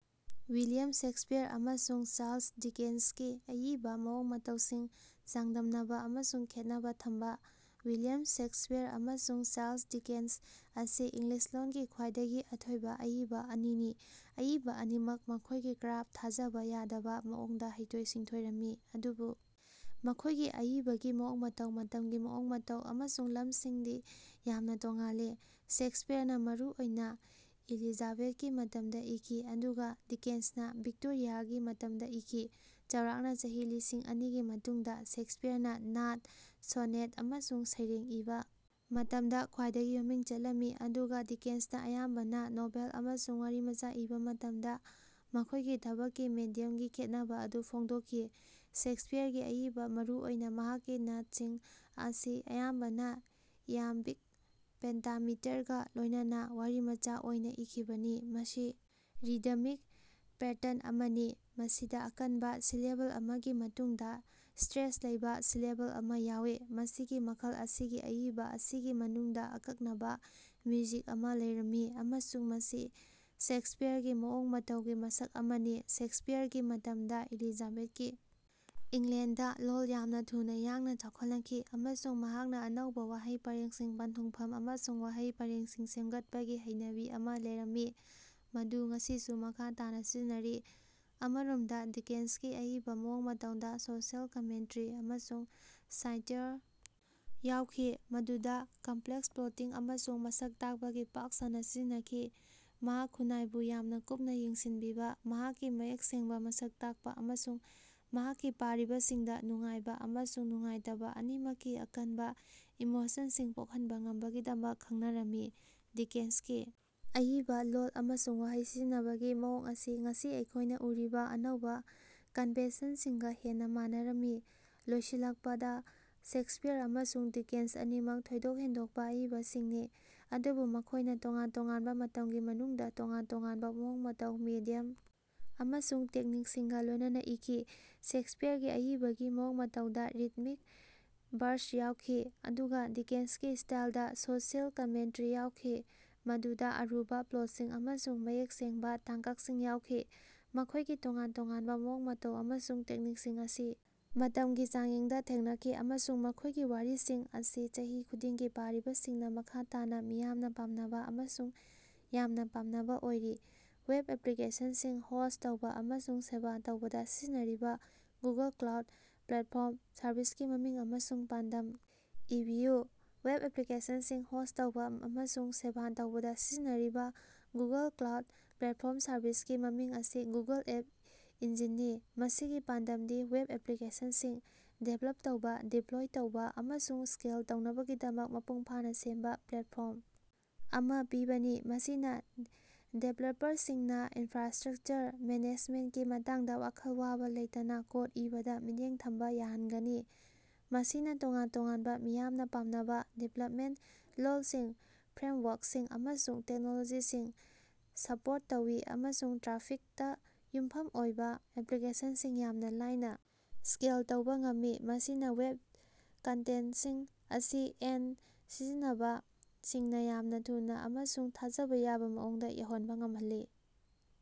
William Shakespeare ꯑꯃꯁꯨꯡ Charles ꯗꯤꯀꯦꯟꯁꯀꯤ ꯑꯏꯕ ꯃꯑꯣꯡ ꯃꯇꯧꯁꯤꯡ ꯆꯥꯡꯗꯝꯅꯕ ꯑꯃꯁꯨꯡ ꯈꯦꯠꯅꯕ ꯊꯝꯕ꯫ ꯋꯤꯂꯤꯌꯝ ꯁꯦꯛꯁꯄꯤꯌꯔ ꯑꯃꯁꯨꯡ ꯆꯥꯔꯂꯁ ꯗꯤꯀꯦꯟꯁ ꯑꯁꯤ ꯏꯪꯂꯤꯁ ꯂꯣꯟꯒꯤ ꯈ꯭ꯋꯥꯏꯗꯒꯤ ꯑꯊꯣꯏꯕ ꯑꯏꯕ ꯑꯅꯤꯅꯤ꯫ ꯑꯏꯕ ꯑꯅꯤꯃꯛ ꯃꯈꯣꯢꯒꯤ ꯀ꯭ꯔꯥꯐꯇ ꯊꯥꯖꯕ ꯌꯥꯗꯕ ꯃꯑꯣꯡꯗ ꯍꯩꯊꯣꯏ-ꯁꯤꯡꯊꯣꯏꯔꯝꯃꯤ ꯑꯗꯨꯕꯨ ꯃꯈꯣꯢꯒꯤ ꯑꯏꯕꯒꯤ ꯃꯑꯣꯡ ꯃꯇꯧ ꯃꯇꯝꯒꯤ ꯃꯑꯣꯡ ꯃꯇꯧ ꯑꯃꯁꯨꯡ ꯂꯝꯁꯤꯡꯗꯤ ꯌꯥꯝꯅ ꯇꯣꯉꯥꯜꯂꯤ꯫ ꯁꯦꯛꯁꯄꯤꯌꯔꯅ ꯃꯔꯨ ꯑꯣꯏꯅ ꯏꯂꯤꯖꯥꯕꯦꯊꯀꯤ ꯃꯇꯝꯗ ꯏꯈꯤ ꯑꯗꯨꯒ ꯗꯤꯀꯦꯟꯁꯅ ꯚꯤꯛꯇꯣꯔꯤꯌꯥꯒꯤ ꯃꯇꯝꯗ ꯏꯈꯤ ꯆꯥꯎꯔꯥꯛꯅ ꯆꯍꯤ ꯂꯤꯁꯤꯡ ꯑꯅꯤꯒꯤ ꯃꯇꯨꯡꯗ ꯁꯦꯛꯁꯄꯤꯌꯔꯅ ꯅꯥꯠ, ꯁꯣꯅꯦꯠ ꯑꯃꯁꯨꯡ ꯁꯩꯔꯦꯡ ꯏꯕ ꯃꯇꯝꯗ ꯈ꯭ꯋꯥꯏꯗꯒꯤ ꯃꯃꯤꯡ ꯆꯠꯂꯝꯃꯤ ꯑꯗꯨꯒ ꯗꯤꯀꯦꯟꯁꯅ ꯑꯌꯥꯝꯕꯅ ꯅꯣꯚꯦꯜ ꯑꯃꯁꯨꯡ ꯋꯥꯔꯤꯃꯆꯥ ꯏꯕ ꯃꯇꯝꯗ ꯃꯈꯣꯢꯒꯤ ꯊꯕꯛꯀꯤ ꯃꯦꯗꯤꯌꯝꯒꯤ ꯈꯦꯠꯅꯕ ꯑꯗꯨ ꯐꯣꯡꯗꯣꯛꯈꯤ꯫ ꯁꯦꯛꯁꯄꯤꯌꯔꯒꯤ ꯑꯏꯕ ꯃꯔꯨ ꯑꯣꯏꯅ ꯃꯍꯥꯛꯀꯤ ꯅꯥꯠꯁꯤꯡ ꯑꯁꯤ ꯑꯌꯥꯝꯕꯅ ꯏꯌꯥꯝꯕꯤꯛ ꯄꯦꯟꯇꯥꯃꯤꯇꯔꯒ ꯂꯣꯢꯅꯅꯥ ꯋꯥꯔꯤꯃꯆꯥ ꯑꯣꯏꯅ ꯏꯈꯤꯕꯅꯤ ꯃꯁꯤ ꯔꯤꯗꯃꯤꯛ ꯄꯦꯇꯔꯟ ꯑꯃꯅꯤ ꯃꯁꯤꯗ ꯑꯀꯟꯕ ꯁꯤꯂꯦꯕꯜ ꯑꯃꯒꯤ ꯃꯇꯨꯡꯗ ꯁꯇ꯭ꯔꯦꯁ ꯂꯩꯕꯥ ꯁꯤꯂꯦꯕꯜ ꯑꯃ ꯌꯥꯎꯏ꯫ ꯃꯁꯤꯒꯤ ꯃꯈꯜ ꯑꯁꯤꯒꯤ ꯑꯏꯕ ꯑꯁꯤꯒꯤ ꯃꯅꯨꯡꯗ ꯑꯀꯛꯅꯕ ꯃ꯭ꯌꯨꯖꯤꯛ ꯑꯃ ꯂꯩꯔꯝꯃꯤ ꯑꯃꯁꯨꯡ ꯃꯁꯤ ꯁꯦꯛꯁꯄꯤꯌꯔꯒꯤ ꯃꯑꯣꯡ ꯃꯇꯧꯒꯤ ꯃꯁꯛ ꯑꯃꯅꯤ꯫ ꯁꯦꯛꯁꯄꯤꯌꯔꯒꯤ ꯃꯇꯝꯗ ꯑꯦꯂꯤꯖꯥꯕꯦꯊꯀꯤ ꯏꯪꯂꯦꯟꯗꯗꯥ ꯂꯣꯜ ꯌꯥꯝꯅ ꯊꯨꯅ ꯌꯥꯡꯅ ꯆꯥꯎꯈꯠꯂꯛꯈꯤ ꯑꯃꯁꯨꯡ ꯃꯍꯥꯛꯅ ꯑꯅꯧꯕ ꯋꯥꯍꯩ ꯄꯔꯦꯡꯁꯤꯡ ꯄꯟꯊꯨꯡꯐꯝ ꯑꯃꯁꯨꯡ ꯋꯥꯍꯩ ꯄꯔꯦꯡꯁꯤꯡ ꯁꯦꯝꯒꯠꯄꯒꯤ ꯍꯩꯅꯕꯤ ꯑꯃ ꯂꯩꯔꯝꯃꯤ ꯃꯗꯨ ꯉꯁꯤꯁꯨ ꯃꯈꯥ ꯇꯥꯅꯥ ꯁꯤꯖꯤꯟꯅꯔꯤ꯫ ꯑꯃꯔꯣꯝꯗ ꯗꯤꯀꯦꯟꯁꯀꯤ ꯑꯏꯕ ꯃꯑꯣꯡ ꯃꯇꯧꯗ ꯁꯣꯁꯤꯑꯦꯜ ꯀꯃꯦꯟꯇꯔꯤ ꯑꯃꯁꯨꯡ ꯁꯥꯏꯇꯥꯏꯔ ꯌꯥꯎꯈꯤ ꯃꯗꯨꯗ ꯀꯝꯄ꯭ꯂꯦꯛꯁ ꯄ꯭ꯂꯣꯇꯁꯤꯡ ꯑꯃꯁꯨꯡ ꯃꯁꯛ ꯇꯥꯛꯄꯒꯤ ꯄꯥꯛ ꯁꯟꯅ ꯁꯤꯖꯤꯟꯅꯈꯤ꯫ ꯃꯍꯥꯛ ꯈꯨꯟꯅꯥꯏꯕꯨ ꯌꯥꯝꯅ ꯀꯨꯞꯅ ꯌꯦꯡꯁꯤꯟꯕꯤꯕꯥ ꯃꯍꯥꯛꯀꯤ ꯃꯌꯦꯛ ꯁꯦꯡꯕ ꯃꯁꯛ ꯇꯥꯛꯄꯥ ꯑꯃꯁꯨꯡ ꯃꯍꯥꯛꯀꯤ ꯄꯥꯔꯤꯕꯁꯤꯡꯗ ꯅꯨꯡꯉꯥꯏꯕ ꯑꯃꯁꯨꯡ ꯅꯨꯡꯉꯥꯏꯇꯕ ꯑꯅꯤꯃꯛꯀꯤ ꯑꯀꯟꯕ ꯏꯃꯣꯁꯟꯁꯤꯡ ꯄꯣꯛꯍꯟꯕ ꯉꯝꯕꯒꯤꯗꯃꯛ ꯈꯡꯅꯔꯝꯃꯤ꯫ ꯗꯤꯀꯦꯟꯁꯀꯤ ꯑꯏꯕ ꯂꯣꯜ ꯑꯃꯁꯨꯡ ꯋꯥꯍꯩ ꯁꯤꯖꯤꯟꯅꯕꯒꯤ ꯃꯑꯣꯡ ꯑꯁꯤ ꯉꯁꯤ ꯑꯩꯈꯣꯢꯅ ꯎꯔꯤꯕꯥ ꯑꯅꯧꯕ ꯀꯟꯚꯦꯟꯁꯟꯁꯤꯡꯒ ꯍꯦꯟꯅ ꯃꯥꯟꯅꯔꯝꯃꯤ꯫ ꯂꯣꯏꯁꯤꯜꯂꯛꯄꯗ ꯁꯦꯛꯁꯄꯤꯌꯔ ꯑꯃꯁꯨꯡ ꯗꯤꯀꯦꯟꯁ ꯑꯅꯤꯃꯛ ꯊꯣꯏꯗꯣꯛ ꯍꯦꯟꯗꯣꯛꯄ ꯑꯏꯕꯁꯤꯡꯅꯤ ꯑꯗꯨꯕꯨ ꯃꯈꯣꯢꯅ ꯇꯣꯉꯥꯟ ꯇꯣꯉꯥꯟꯕ ꯃꯇꯝꯒꯤ ꯃꯅꯨꯡꯗ ꯇꯣꯉꯥꯟ ꯇꯣꯉꯥꯟꯕ ꯃꯑꯣꯡ ꯃꯇꯧ ꯃꯦꯗꯤꯌꯝ ꯑꯃꯁꯨꯡ ꯇꯦꯛꯅꯤꯛꯁꯤꯡꯒ ꯂꯣꯢꯅꯅꯥ ꯏꯈꯤ꯫ ꯁꯦꯛꯁꯄꯤꯌꯔꯒꯤ ꯑꯏꯕꯒꯤ ꯃꯑꯣꯡ ꯃꯇꯧꯗ ꯔꯤꯗꯃꯤꯛ ꯕꯔꯁ ꯌꯥꯎꯈꯤ ꯑꯗꯨꯒ ꯗꯤꯀꯦꯟꯁꯀꯤ ꯁ꯭ꯇꯥꯏꯜꯗ ꯁꯣꯁꯤꯑꯦꯜ ꯀꯃꯦꯟꯇꯔꯤ ꯌꯥꯎꯈꯤ ꯃꯗꯨꯗꯥ ꯑꯔꯨꯕ ꯄ꯭ꯂꯣꯠꯁꯤꯡ ꯑꯃꯁꯨꯡ ꯃꯌꯦꯛ ꯁꯦꯡꯕ ꯇꯥꯡꯀꯛꯁꯤꯡ ꯌꯥꯎꯈꯤ꯫ ꯃꯈꯣꯢꯒꯤ ꯇꯣꯉꯥꯟ ꯇꯣꯉꯥꯟꯕ ꯃꯑꯣꯡ ꯃꯇꯧ ꯑꯃꯁꯨꯡ ꯇꯦꯛꯅꯤꯛꯁꯤꯡ ꯑꯁꯤ ꯃꯇꯝꯒꯤ ꯆꯥꯡꯌꯦꯡꯗ ꯊꯦꯡꯅꯈꯤ ꯑꯃꯁꯨꯡ ꯃꯈꯣꯢꯒꯤ ꯋꯥꯔꯤꯁꯤꯡ ꯑꯁꯤ ꯆꯍꯤ ꯈꯨꯗꯤꯡꯒꯤ ꯄꯥꯔꯤꯕꯁꯤꯡꯅ ꯃꯈꯥ ꯇꯥꯅ ꯃꯤꯌꯥꯝꯅ ꯄꯥꯝꯅꯕ ꯑꯃꯁꯨꯡ ꯌꯥꯝꯅ ꯄꯥꯝꯅꯕ ꯑꯣꯏꯔꯤ꯫ ꯋꯦꯕ ꯑꯦꯄ꯭ꯂꯤꯀꯦꯁꯟꯁꯤꯡ ꯍꯣꯁ꯭ꯠ ꯇꯧꯕꯥ ꯑꯃꯁꯨꯡ ꯁꯦꯕꯥ ꯇꯧꯕꯗ ꯁꯤꯖꯤꯟꯅꯔꯤꯕ ꯒꯨꯒꯜ ꯀ꯭ꯂꯥꯎꯗ ꯄ꯭ꯂꯦꯠꯐꯣꯔꯝ ꯁꯔꯚꯤꯁꯀꯤ ꯃꯃꯤꯡ ꯑꯃꯁꯨꯡ ꯄꯥꯟꯗꯝ ꯏꯕꯤꯌꯨ꯫ ꯋꯦꯕ ꯑꯦꯄ꯭ꯂꯤꯀꯦꯁꯟꯁꯤꯡ ꯍꯣꯁ꯭ꯠ ꯇꯧꯕꯥ ꯑꯃꯁꯨꯡ ꯁꯦꯕꯥ ꯇꯧꯕꯗꯥ ꯁꯤꯖꯤꯟꯅꯔꯤꯕꯥ ꯒꯨꯒꯜ ꯀ꯭ꯂꯥꯎꯗ ꯄ꯭ꯂꯦꯠꯐꯣꯔꯝ ꯁꯔꯚꯤꯁꯀꯤ ꯃꯃꯤꯡ ꯑꯁꯤ ꯒꯨꯒꯜ ꯑꯦꯞ ꯏꯟꯖꯤꯟꯅꯤ꯫ ꯃꯁꯤꯒꯤ ꯄꯥꯟꯗꯝꯗꯤ ꯋꯦꯕ ꯑꯦꯄ꯭ꯂꯤꯀꯦꯁꯟꯁꯤꯡ ꯗꯤꯕꯦꯂꯞ ꯇꯧꯕ ꯗꯤꯄ꯭ꯂꯣꯏ ꯇꯧꯕ ꯑꯃꯁꯨꯡ ꯁ꯭ꯀꯦꯜ ꯇꯧꯅꯕꯒꯤꯗꯃꯛ ꯃꯄꯨꯡ ꯐꯥꯅ ꯁꯦꯝꯕ ꯄ꯭ꯂꯦꯠꯐꯣꯔꯝ ꯑꯃ ꯄꯤꯕꯅꯤ ꯃꯁꯤꯅ ꯗꯤꯕꯦꯂꯄꯔꯁꯤꯡꯅ ꯏꯟꯐ꯭ꯔꯥꯁ꯭ꯇꯔꯛꯆꯔ ꯃꯦꯅꯦꯖꯃꯦꯟꯇꯀꯤ ꯃꯇꯥꯡꯗ ꯋꯥꯈꯜ ꯋꯥꯕ ꯂꯩꯇꯅ ꯀꯣꯗ ꯏꯕꯗ ꯃꯤꯠꯌꯦꯡ ꯊꯝꯕ ꯌꯥꯍꯟꯒꯅꯤ꯫ ꯃꯁꯤꯅ ꯇꯣꯉꯥꯟ-ꯇꯣꯉꯥꯟꯕ ꯃꯤꯌꯥꯝꯅ ꯄꯥꯝꯅꯕ ꯗꯤꯚꯦꯂꯄꯃꯦꯟꯇ ꯂꯣꯜꯁꯤꯡ ꯐ꯭ꯔꯦꯃꯋꯥꯔꯀꯁꯤꯡ ꯑꯃꯁꯨꯡ ꯇꯦꯛꯅꯣꯂꯣꯖꯤꯁꯤꯡ ꯁꯞꯄꯣꯔꯠ ꯇꯧꯏ ꯑꯃꯁꯨꯡ ꯇ꯭ꯔꯥꯐꯤꯛꯇ ꯌꯨꯝꯐꯝ ꯑꯣꯏꯕ ꯑꯦꯄ꯭ꯂꯤꯀꯦꯁꯟꯁꯤꯡ ꯌꯥꯝꯅ ꯂꯥꯏꯅꯥ ꯁ꯭ꯀꯦꯜ ꯇꯧꯕꯥ ꯉꯝꯃꯤ ꯃꯁꯤꯅ ꯋꯦꯕ ꯀꯟꯇꯦꯟꯇꯁꯤꯡ ꯑꯁꯤ ꯑꯦꯟꯗ ꯁꯤꯖꯤꯟꯅꯕ ꯁꯤꯡꯅ ꯌꯥꯝꯅ ꯊꯨꯅꯥ ꯑꯃꯁꯨꯡ ꯊꯥꯖꯕ ꯌꯥꯕꯥ ꯃꯑꯣꯡꯗ ꯌꯧꯍꯟꯕ ꯉꯝꯍꯜꯂꯤ꯫